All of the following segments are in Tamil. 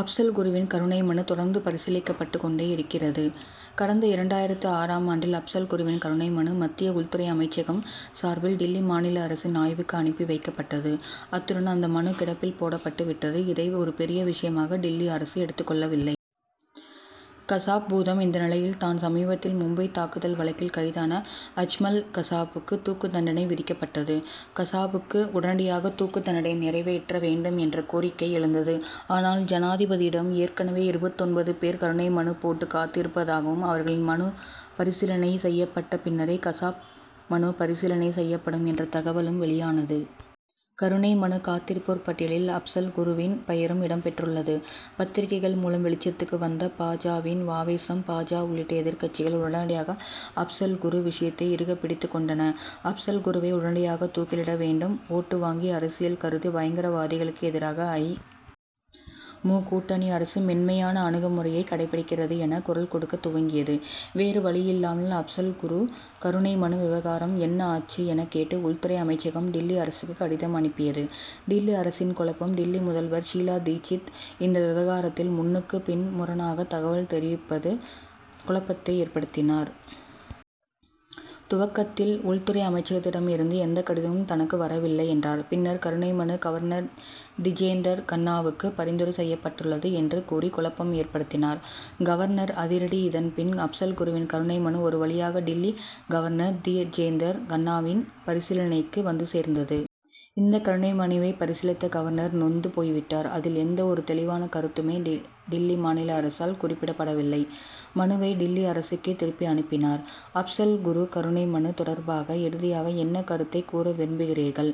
அப்சல் குருவின் கருணை மனு தொடர்ந்து பரிசீலிக்கப்பட்டுக் கொண்டே இருக்கிறது. கடந்த இரண்டாயிரத்து ஆறாம் ஆண்டில் அப்சல் குருவின் கருணை மனு மத்திய உள்துறை அமைச்சகம் சார்பில் டில்லி மாநில அரசின் ஆய்வுக்கு அனுப்பி வைக்கப்பட்டது. அத்துடன் அந்த மனு கிடப்பில் போடப்பட்டு விட்டது. இதை ஒரு பெரிய விஷயமாக டில்லி அரசு எடுத்துக் கொள்ளவில்லை. கசாப் பூதம் இந்த நிலையில் தான் சமீபத்தில் மும்பை தாக்குதல் வழக்கில் கைதான அஜ்மல் கசாப்புக்கு தூக்கு தண்டனை விதிக்கப்பட்டது. கசாபுக்கு உடனடியாக தூக்கு தண்டனையை நிறைவேற்ற வேண்டும் என்ற கோரிக்கை எழுந்தது. ஆனால் ஜனாதிபதியிடம் ஏற்கனவே இருபத்தொன்பது பேர் கருணை மனு போட்டு காத்திருப்பதாகவும் அவர்களின் மனு பரிசீலனை செய்யப்பட்ட பின்னரே கசாப் மனு பரிசீலனை செய்யப்படும் என்ற தகவலும் வெளியானது. கருணை மனு காத்திருப்போர் பட்டியலில் அப்சல் குருவின் பெயரும் இடம் பெற்றுள்ளது பத்திரிகைகள் மூலம் வெளிச்சத்துக்கு வந்த பா. ஜ.வின் ஆவேசம் பா. ஜ. உள்ளிட்ட எதிர்க்கட்சிகள் உடனடியாக அப்சல் குரு விஷயத்தை இறுக பிடித்துக் கொண்டன. அப்சல் குருவை உடனடியாக தூக்கிலிட வேண்டும். ஓட்டு வாங்கி அரசியல் கருதி பயங்கரவாதிகளுக்கு எதிராக ஐ. மு. கூட்டணி அரசு மென்மையான அணுகுமுறையை கடைப்பிடிக்கிறது என குரல் கொடுக்கத் துவங்கியது. வேறு வழியில்லாமல் அப்சல் குரு கருணை மனு விவகாரம் என்ன ஆச்சு என கேட்டு உள்துறை அமைச்சகம் டில்லி அரசுக்கு கடிதம் அனுப்பியது. டில்லி அரசின் குழப்பம் டில்லி முதல்வர் ஷீலா தீட்சித் இந்த விவகாரத்தில் முன்னுக்கு பின் முரணாக தகவல் தெரிவிப்பது குழப்பத்தை ஏற்படுத்தினார். துவக்கத்தில் உள்துறை அமைச்சகத்திடம் இருந்து எந்த கடிதமும் தனக்கு வரவில்லை என்றார். பின்னர் கருணை மனு கவர்னர் திஜேந்தர் கண்ணாவுக்கு பரிந்துரை செய்யப்பட்டுள்ளது என்று கூறி குழப்பம் ஏற்படுத்தினார். கவர்னர் அதிரடி இதன்பின் அப்சல் குருவின் கருணை மனு ஒரு வழியாக டில்லி கவர்னர் திஜேந்தர் கண்ணாவின் பரிசீலனைக்கு வந்து சேர்ந்தது. இந்த கருணை மனுவை பரிசீலித்த கவர்னர் நொந்து போய்விட்டார். அதில் எந்த ஒரு தெளிவான கருத்துமே டில்லி மாநில அரசால் குறிப்பிடப்படவில்லை. மனுவை டில்லி அரசுக்கே திருப்பி அனுப்பினார். அப்சல் குரு கருணை மனு தொடர்பாக இறுதியாக என்ன கருத்தை கூற விரும்புகிறீர்கள்.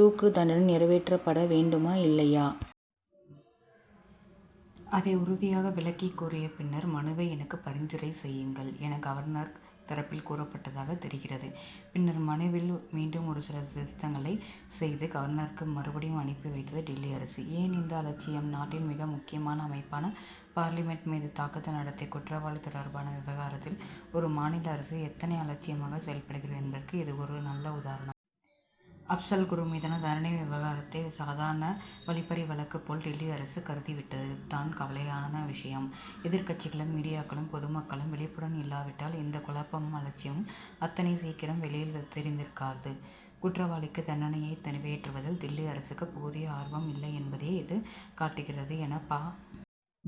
தூக்கு தண்டனை நிறைவேற்றப்பட வேண்டுமா இல்லையா? அதை உறுதியாக விளக்கி கூறிய பின்னர் மனுவை எனக்கு பரிந்துரை செய்யுங்கள் என கவர்னர் தரப்பில் கூறப்பட்டதாக தெரிகிறது. பின்னர் மனுவில் மீண்டும் ஒரு சில திருத்தங்களை செய்து கவர்னருக்கு மறுபடியும் அனுப்பி வைத்தது டில்லி அரசு. ஏன் இந்த அலட்சியம்? நாட்டின் மிக முக்கியமான அமைப்பான பார்லிமென்ட் மீது தாக்குதல் நடத்திய குற்றவாளி தொடர்பான விவகாரத்தில் ஒரு மாநில அரசு எத்தனை அலட்சியமாக செயல்படுகிறது என்பதற்கு இது ஒரு நல்ல உதாரணம். அப்சல் குரு மீதான தண்டனை விவகாரத்தை சாதாரண வழிப்பறி வழக்கு போல் டில்லி அரசு கருதி விட்டது தான் கவலையான விஷயம். எதிர்க்கட்சிகளும் மீடியாக்களும் பொதுமக்களும் விழிப்புடன் இல்லாவிட்டால் இந்த குழப்பமும் அலட்சியமும் அத்தனை சீக்கிரம் வெளியில் தெரிந்திருக்காது. குற்றவாளிக்கு தண்டனையை நிறைவேற்றுவதில் டில்லி அரசுக்கு போதிய ஆர்வம் இல்லை என்பதையே இது காட்டுகிறது என பா.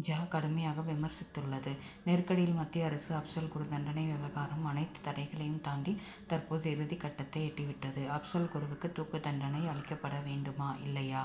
ஜ. கடுமையாக விமர்சித்துள்ளது. நெருக்கடியில் மத்திய அரசு அப்சல் குரு தண்டனை விவகாரம் அனைத்து தடைகளையும் தாண்டி தற்போது இறுதிக் கட்டத்தை எட்டி விட்டது. அப்சல் குருவுக்கு தூக்கு தண்டனை அளிக்கப்பட வேண்டுமா இல்லையா